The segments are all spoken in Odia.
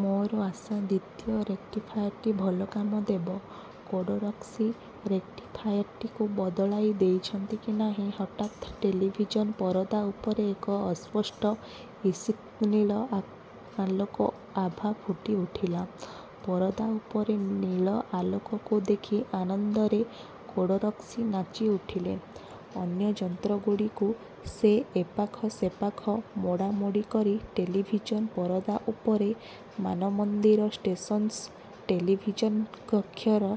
ମୋର ଆଶା ଦ୍ୱିତୀୟ ରେକ୍ଟିଫାୟାର୍ଟି ଭଲ କାମ ଦେବ। କୋଡ଼ୋରସ୍କି ରେକ୍ଟିଫାୟାରଟିକୁ ବଦଳାଇ ଦେଇଛନ୍ତି କି ନାହିଁ, ହଠାତ୍ ଟେଲିଭିଜନ୍ ପରଦା ଉପରେ ଏକ ଅସ୍ପଷ୍ଟ ଈଷତ୍ନୀଳ ଆଲୋକ ଆଭା ଫୁଟି ଉଠିଲା। ପରଦା ଉପରେ ନୀଳ ଆଲୋକକୁ ଦେଖି ଆନନ୍ଦରେ କୋଡ଼ୋରସ୍କି ନାଚିଉଠିଲେ। ଅନ୍ୟ ଯନ୍ତ୍ରଗୁଡ଼ିକୁ ସେ ଏପାଖ ସେପାଖ ମୋଡ଼ାମୋଡ଼ି କରି ଟେଲିଭିଜନ୍ ପରଦା ଉପରେ ମାନମନ୍ଦିର ଷ୍ଟେସନ୍ସ୍ଥ ଟେଲିଭିଜନ୍କକ୍ଷର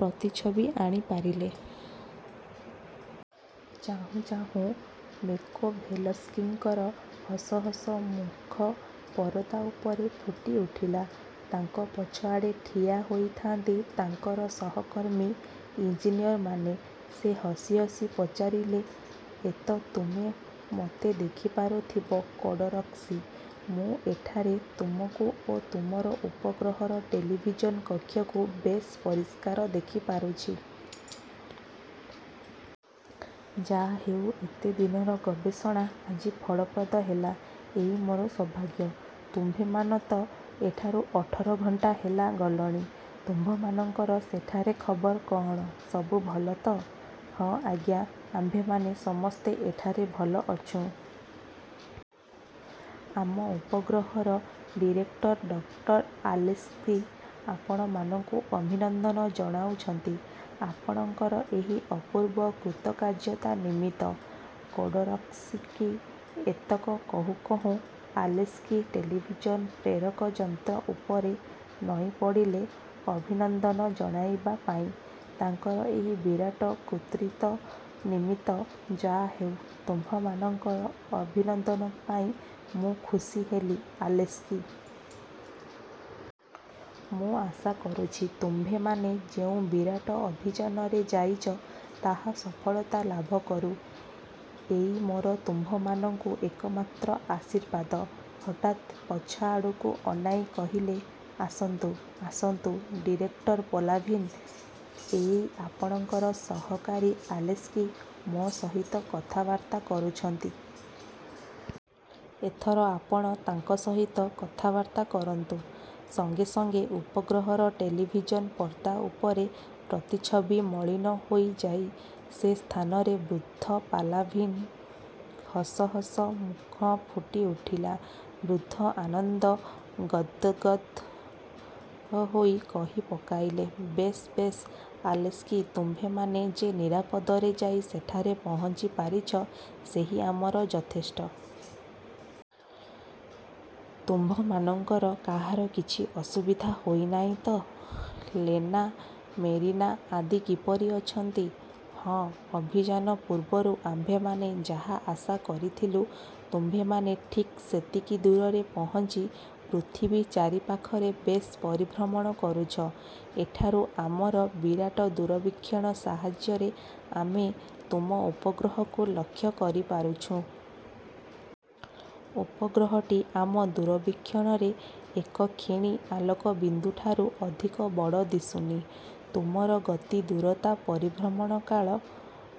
ପ୍ରତିଛବି ଆଣିପାରିଲେ। ଚାହୁଁ ଚାହୁଁ ମେକୋଭେଲସ୍କିଙ୍କର ହସ ହସ ମୁଖ ପରଦା ଉପରେ ଫୁଟିଉଠିଲା। ତାଙ୍କ ପଛଆଡ଼େ ଠିଆ ହୋଇଥାନ୍ତି ତାଙ୍କର ସହକର୍ମୀ ଇଞ୍ଜିନିଅରମାନେ। ସେ ହସି ହସି ପଚାରିଲେ, ''ଏତ ତୁମେ ମୋତେ ଦେଖି ପାରୁଥିବ କୋଡ଼ୋରସ୍କି। ମୁଁ ଏଠାରେ ତୁମକୁ ଓ ତୁମ ଉପଗ୍ରହର ଟେଲିଭିଜନ୍ କକ୍ଷକୁ ବେଶ୍ ପରିଷ୍କାର ଦେଖିପାରୁଛି। ଯା' ହେଉ; ଏତେ ଦିନର ଗବେଷଣା ଆଜି ଫଳପ୍ରଦ ହେଲା, ଏଇ ମୋର ସୌଭାଗ୍ୟ। ତୁମ୍ଭେମାନେ ତ ଏଠାରୁ ଅଠର ଘଣ୍ଟା ହେଲା ଗଲଣି। ତୁମ୍ଭମାନଙ୍କର ସେଠାରେ ଖବର କଅଣ, ସବୁ ଭଲ ତ? '' ''ହଁ, ଆଜ୍ଞା ଆମ୍ଭେମାନେ ସମସ୍ତେ ଏଠାରେ ଭଲ ଅଛୁଁ। ଆମ ଉପଗ୍ରହର ଡିରେକ୍ଟର ଡକ୍ଟର ଆଲେସ୍କି ଆପଣମାନଙ୍କୁ ଅଭିନନ୍ଦନ ଜଣାଉଛନ୍ତି, ଆପଣଙ୍କର ଏହି ଅପୂର୍ବ କୃତକାର୍ଯ୍ୟତା ନିମିତ୍ତ। '' କୋଡ଼ୋରସ୍କି ଏତକ କହୁଁ କହୁଁ ଆଲେସ୍କି ଟେଲିଭିଜନ୍ ପ୍ରେରକ ଯନ୍ତ୍ର ଉପରେ ନଇଁପଡ଼ିଲେ ଅଭିନନ୍ଦନ ଜଣାଇବାପାଇଁ, ତାଙ୍କର ଏହି ବିରାଟ କୃତିତ୍ୱ ନିମିତ୍ତ। ''ଯାହାହେଉ, ତୁମ୍ଭମାନଙ୍କ ଅଭିନନ୍ଦନ ପାଇ ମୁଁ ଖୁସି ହେଲି ଆଲେସ୍କି! ମୁଁ ଆଶା କରୁଛି ତୁମ୍ଭେମାନେ ଯେଉଁ ବିରାଟ ଅଭିଯାନରେ ଯାଇଚ, ତାହା ସଫଳତା ଲାଭ କରୁ। ଏଇ ମୋର ତୁମ୍ଭମାନଙ୍କୁ ଏକମାତ୍ର ଆଶୀର୍ବାଦ। '' ହଠାତ୍ ପଛଆଡ଼କୁ ଅନାଇ କହିଲେ, ''ଆସନ୍ତୁ, ଆସନ୍ତୁ, ଡିରେକ୍ଟର ପାଲାଭିନ୍, ଏଇ ଆପଣଙ୍କ ସହକାରୀ ଆଲେସ୍କି ମୋ ସହିତ କଥାବାର୍ତ୍ତା କରୁଛନ୍ତି। ଏଥର ଆପଣ ତାଙ୍କ ସହିତ କଥାବାର୍ତ୍ତା କରନ୍ତୁ। '' ସଙ୍ଗେ ସଙ୍ଗେ ଉପଗ୍ରହର ଟେଲିଭିଜନ୍ ପର୍ଦ୍ଦା ଉପର ପ୍ରତିଛବି ମଳିନ ହୋଇଯାଇ ସେ ସ୍ଥାନର ବୃଦ୍ଧ ପାଲାଭିନ୍ଙ୍କ ହସ ହସ ମୁଖ ଫୁଟିଠିଲା। ବୃଦ୍ଧ ଆନନ୍ଦ ଗଦ୍ଗଦ୍ ହୋଇ କହିପକାଇଲେ–''ବେଶ୍ ବେଶ୍ ଆଲେସ୍କି, ତୁମ୍ଭେମାନେ ଯେ ନିରାପଦରେ ଯାଇ ସେଠାରେ ପହଞ୍ଚି ପାରିଛ, ସେହି ଆମର ଯଥେଷ୍ଟ। ତୁମ୍ଭମାନଙ୍କର କାହାର କିଛି ଅସୁବିଧା ହୋଇନାହିଁ ତ? ଲେନା, ମେରିନା ଆଦି କିପରି ଅଛନ୍ତି? ହଁ, ଅଭିଯାନ ପୂର୍ବରୁ ଆମ୍ଭେମାନେ ଯାହା ଆଶା କରିଥିଲୁ, ତୁମ୍ଭେମାନେ ଠିକ୍ ସେତିକି ଦୂରରେ ପହଞ୍ଚି ପୃଥିବୀ ଚାରି ପାଖରେ ବେଶ୍ ପରିଭ୍ରମଣ କରୁଛ। ଏଠାରୁ ଆମର ବିରାଟ ଦୂରବୀକ୍ଷଣ ସାହାଯ୍ୟରେ ଆମେ ତୁମ ଉପଗ୍ରହକୁ ଲକ୍ଷ୍ୟ କରିପାରୁଛୁଁ। ଉପଗ୍ରହଟି ଆମ ଦୂରବୀକ୍ଷଣରେ ଏକ କ୍ଷୀଣ ଆଲୋକବିନ୍ଦୁଠାରୁ ଅଧିକ ବଡ଼ ଦିଶୁନି। ତୁମର ଗତି, ଦୂରତା, ପରିଭ୍ରମଣ କାଳ,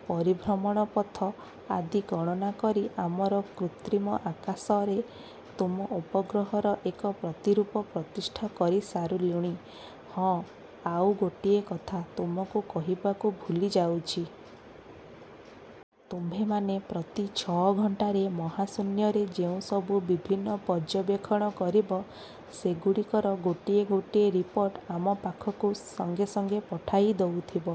ପରିଭ୍ରମଣ ପଥ ଆଦି ଗଣନା କରି ଆମର କୃତ୍ରିମ ଆକାଶରେ ତୁମ ଉପଗ୍ରହର ଏକ ପ୍ରତିରୂପ ପ୍ରତିଷ୍ଠା କରି ସାରିଲୁଣି। ହଁ, ଆଉ ଗୋଟିଏ କଥା ତୁମକୁ କହିବାକୁ ଭୁଲିଯାଉଛି। ତୁମ୍ଭେମାନେ ପ୍ରତି ଛ' ଘଣ୍ଟାରେ ମହାଶୂନ୍ୟରେ ଯେଉଁ ସବୁ ବିଭିନ୍ନ ପର୍ଯ୍ୟବେକ୍ଷଣ କରିବ, ସେଗୁଡ଼ିକର ଗୋଟିଏ ଗୋଟିଏ ରିପୋର୍ଟ ଆମ ପାଖକୁ ସଙ୍ଗେ ସଙ୍ଗେ ପଠାଇ ଦେଉଥିବ।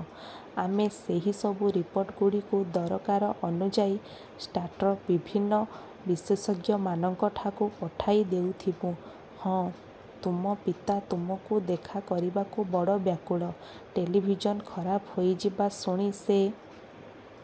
ଆମେ ସେହି ସବୁ ରିପୋର୍ଟଗୁଡ଼ିକୁ ଦରକାର ଅନୁଯାୟୀ ରାଷ୍ଟ୍ରର ବିଭିନ୍ନ ବିଶେଷଜ୍ଞମାନଙ୍କଠାକୁ ପଠାଇ ଦେଉଥିବୁଁ। ହଁ, ତୁମ ପିତା ତୁମକୁ ଦେଖା କରିବାକୁ ବଡ଼ ବ୍ୟାକୁଳ। ଟେଲିଭିଜନ ଖରାପ ହୋଇଯିବା ଶୁଣି ସେ